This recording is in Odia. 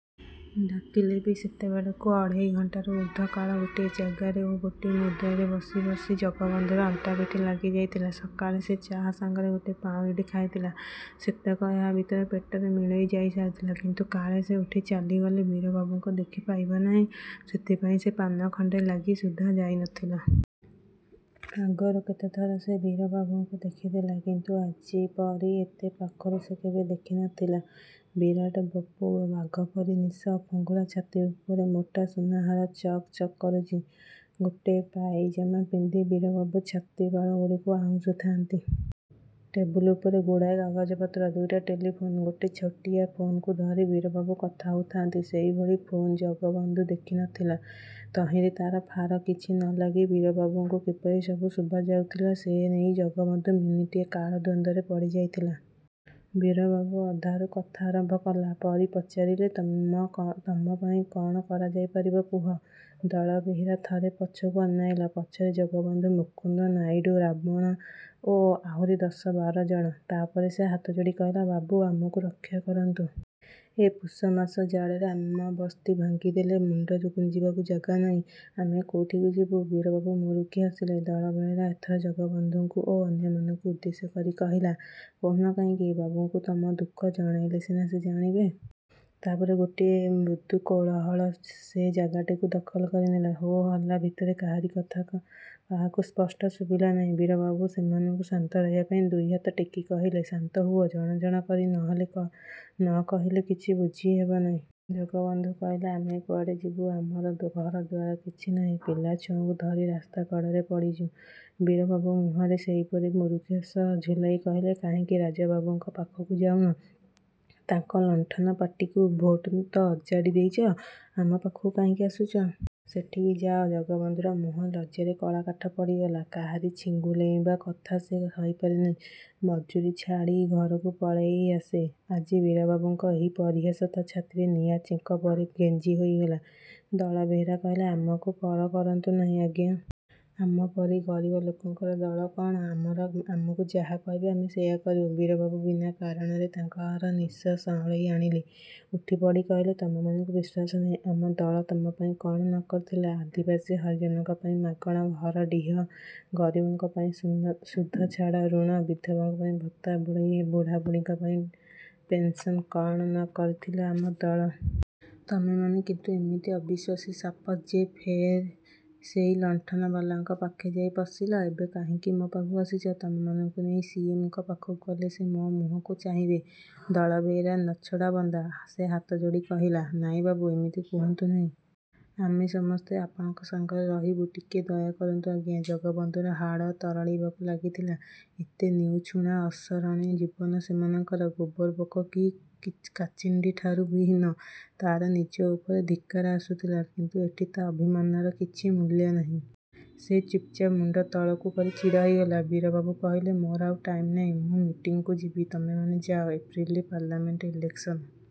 ଡାକିଲେ ବି, ସେତେବେଳକୁ ଅଢ଼େଇ ଘଣ୍ଟାରୁ ଊର୍ଦ୍ଧ୍ୱ କାଳ ଗୋଟିଏ ଜାଗାରେ ଓ ଗୋଟିଏ ମୁଦ୍ରାରେ ବସି ବସି ଜଗବନ୍ଧୁର ଅଣ୍ଟାପିଠି ଲାଗିଯାଇଥିଲା। ସକାଳେ ସେ ଚା' ସାଙ୍ଗରେ ଗୋଟେ ପାଉଁରୁଟି ଖାଇଥିଲା। ସେତକ ଏହା ଭିତରେ ପେଟରେ ମିଳେଇ ଯାଇସାରିଥିଲା। କିନ୍ତୁ କାଳେ ସେ ଉଠି ଚାଲିଗଲେ ବୀରବାବୁଙ୍କ ଦେଖା ପାଇବ ନାହିଁ, ସେଥିପାଇଁ ସେ ପାନ ଖଣ୍ଡେ ଲାଗି ସୁଦ୍ଧା ଯାଇ ନଥିଲା। ଆଗରୁ କେତେଥର ସେ ବୀରବାବୁଙ୍କୁ ଦେଖିଥିଲା। କିନ୍ତୁ ଆଜି ପରି ଏତେ ପାଖରୁ ସେ କେବେ ଦେଖି ନଥିଲା। ବିରାଟ ବପୁ, ବାଘ ପରି ନିଶ। ଫୁଙ୍ଗୁଳା ଛାତି ଉପରେ ମୋଟା ସୁନାହାର ଚକ୍ ଚକ୍ କରୁଛି। ଗୋଟେ ପାଇଜାମା ପିନ୍ଧି ବୀରବାବୁ ଛାତିବାଳଗୁଡ଼ାକୁ ଆଉଁଶୁଥାନ୍ତି। ଟେବୁଲ ଉପରେ ଗୁଡ଼ାଏ କାଗଜପତ୍ର। ଦୁଇଟା ଟେଲିଫୋନ୍। ଗୋଟେ ଛୋଟିଆ ଫୋନ୍‌କୁ ଧରି ବୀରବାବୁ କଥା ହଉଥାଆନ୍ତି। ସେଭଳି ଫୋନ୍ ଜଗବନ୍ଧୁ ଦେଖି ନ ଥିଲା। ତହିଁରେ ତାର ଫାର କିଛି ନଲାଗି ବୀରବାବୁକୁ କିପରି ସବୁ ଶୁଭାଯାଉଥିଲା, ସେ ନେଇ ଜଗବନ୍ଧୁ ମିନିଟିଏ କାଳ ଦ୍ୱନ୍ଦ୍ୱରେ ପଡ଼ିଯାଇଥିଲା। ବୀରବାବୁ ଅଧାରୁ କଥା ଆରମ୍ଭ କଲା ପରି ପଚାରିଲେ, "ତମ ପାଇଁ କଣ କରାଯାଇପାରିବ କୁହ?" ଦଳବେହେରା ଥରେ ପଛକୁ ଅନେଇଲା। ପଛରେ ଜଗବନ୍ଧୁ, ମୁକୁନ୍ଦ, ନାଇଡୁ, ରାବଣା ଓ ଆହୁରି ଦଶ ବାର ଜଣ। ତାପରେ ସେ ହାତଯୋଡ଼ି କହିଲା, "ବାବୁ, ଆମକୁ ରକ୍ଷା କରନ୍ତୁ। ଏ ପୁଷମାସ ଜାଡ଼ରେ ଆମ ବସ୍ତି ଭାଙ୍ଗିଦେଲେ। ମୁଣ୍ଡ ଗୁଂଜିବାକୁ ଜାଗା ନାହିଁ। ଆମେ କୋଉଠିକୁ ଯିବୁ?" ବୀରବାବୁ ମୁରୁକି ହସିଲେ। ଦଳବେହେରା ଏଥର ଜଗବନ୍ଧୁକୁ ଓ ଅନ୍ୟମାନଙ୍କୁ ଉଦ୍ଦେଶ୍ୟ କରି କହିଲା, "କହୁନ କାହିଁକି? ବାବୁଙ୍କୁ ତମ ଦୁଃଖ ଜଣାଇଲେ ସିନା ସେ ଜାଣିବେ।" ତାପରେ ଗୋଟେ ମୃଦୁ କୋଳାହଳ ସେ ଜାଗାଟାକୁ ଦଖଲ କରି ନେଲା। ହୋ ହଲ୍ଲା ଭିତରେ କାହାରି କଥା କାହାକୁ ସ୍ପଷ୍ଟ ଶୁଭିଲା ନାହିଁ। ବୀରବାବୁ ସେମାନଙ୍କୁ ଶାନ୍ତ ରହିବା ପାଇଁ ଦୁଇହାତ ଟେକି କହିଲେ, "ଶାନ୍ତ ହୁଅ। ଜଣ ଜଣ କରି ନ କହିଲେ କିଛି ବୁଝିହେବ ନାହିଁ।" ଜଗବନ୍ଧୁ କହିଲା, "ଆମେ କୁଆଡ଼େ ଯିବୁ? ଆମର ଘରଦ୍ୱାର କିଛି ନାହିଁ। ପିଲାଛୁଆଙ୍କୁ ଧରି ରାସ୍ତାକଡ଼ରେ ପଡ଼ିଛୁ।" ବୀରବାବୁ ମୁହଁରେ ସେହିପରି ମୁରୁକି ହସ ଝୁଲେଇ କହିଲେ, "କାହିଁକି ରାଜୁବାବୁଙ୍କ ପାଖକୁ ଯାଉନ? ତାଙ୍କ ଲଣ୍ଠନ ପାର୍ଟିକୁ ଭୋଟ୍ ତ ଅଜାଡ଼ି ଦେଇଛ, ଆମ ପାଖକୁ କାହିଁକି ଆସୁଛ? ସେଠିକି ଯାଅ।" ଜଗବନ୍ଧୁର ମୁହଁ ଲଜ୍ଜାରେ କଳାକାଠ ପଡ଼ିଗଲା। କାହାରି ଛିଗୁଲେଇବା କଥା ସେ ସହିପାରେ ନାହିଁ, ମଜୁରି ଛାଡ଼ି ଘରକୁ ପଳେଇ ଆସେ। ଆଜି ବୀରବାବୁଙ୍କ ଏହି ପରିହାସ ତା ଛାତିରେ ନିଆଁଚେଙ୍କ ପରି ଗେଂଜି ହୋଇଗଲା। ଦଳବେହେରା କହିଲା, "ଆମକୁ ପର କରନ୍ତୁ ନାହିଁ, ଆଜ୍ଞା। ଆମ ପରି ଗରିବ ଲୋକଙ୍କର ଦଳ କଣ? ଆପଣ ଆମକୁ ଯାହା କହିବେ, ଆମେ ସେଇଆ କରିବୁ।" ବୀରବାବୁ ବିନା କାରଣରେ ତାଙ୍କର ନିଶ ସାଉଁଳେଇ ଆଣିଲେ। ଉଠିପଡ଼ି କହିଲେ, "ତମମାନଙ୍କୁ ବିଶ୍ୱାସ ନାହିଁ। ଆମ ଦଳ ତମ ପାଇଁ କଣ ନ କରିଥିଲା! ଆଦିବାସୀ ହରିଜନଙ୍କ ପାଇଁ ମାଗଣା ଘର ଡିହ, ଗରିବଙ୍କ ପାଇଁ ସୁଧଛାଡ଼ ଋଣ, ବିଧବାଙ୍କ ପାଇଁ ଭତ୍ତା, ବୁଢ଼ାବୁଢ଼ୀଙ୍କ ପାଇଁ ପେନ୍ସନ୍ କଣ ନ କରିଥିଲା ଆମ ଦଳ? ତମେମାନେ କିନ୍ତୁ ଏମିତି ଅବିଶ୍ୱାସୀ ସାପ ଯେ, ଫେର୍ ସେଇ ଲଣ୍ଠନବାଲାଙ୍କ ପାଖେ ଯାଇ ପଶିଲ। ଏବେ କାହିଁକି ମୋ ପାଖକୁ ଆସିଛ? ତମମାନଙ୍କୁ ନେଇ ସିଏମ୍‌ଙ୍କ ପାଖକୁ ଗଲେ ସେ ମୋ ମୁହଁକୁ ଚାହିଁବେ?" ଦଳବେହେରା ନଛୋଡ଼ାବନ୍ଦା। ସେ ହାତଯୋଡ଼ି କହିଲା, "ନାଇଁ ବାବୁ, ଏମିତି କୁହନ୍ତୁ ନାହିଁ। ଆମେ ସମସ୍ତେ ଆପଣଙ୍କ ସାଙ୍ଗରେ ରହିବୁ। ଟିକେ ଦୟା କରନ୍ତୁ ଆଜ୍ଞା।" ଜଗବନ୍ଧୁର ହାଡ଼ ତରଳିବାକୁ ଲାଗିଥିଲା। ଏତେ ନିଉଛୁଣା, ଅସରଣି ଜୀବନ ସେମାନଙ୍କର! ଗୋବର ପୋକ କି କାଚିଣ୍ଡିଠାରୁ ବି ହୀନ। ତାର ନିଜ ଉପରେ ଧିକ୍କାର ଆସୁଥିଲା। କିନ୍ତୁ ଏଠି ତା ଅଭିମାନର କିଛି ମୂଲ୍ୟ ନାହିଁ। ସେ ଚୁପ୍‌ଚାପ୍ ମୁଣ୍ଡ ତଳକୁ କରି ଛିଡ଼ା ହୋଇଥିଲା। ବୀରବାବୁ କହିଲେ, "ମୋର ଆଉ ଟାଇମ୍ ନାହିଁ। ମୁଁ ମିଟିଂକୁ ଯିବି। ତମେମାନେ ଯାଅ। ଏପ୍ରିଲରେ ପାର୍ଲାମେଣ୍ଟ ଇଲେକ୍ସନ୍।"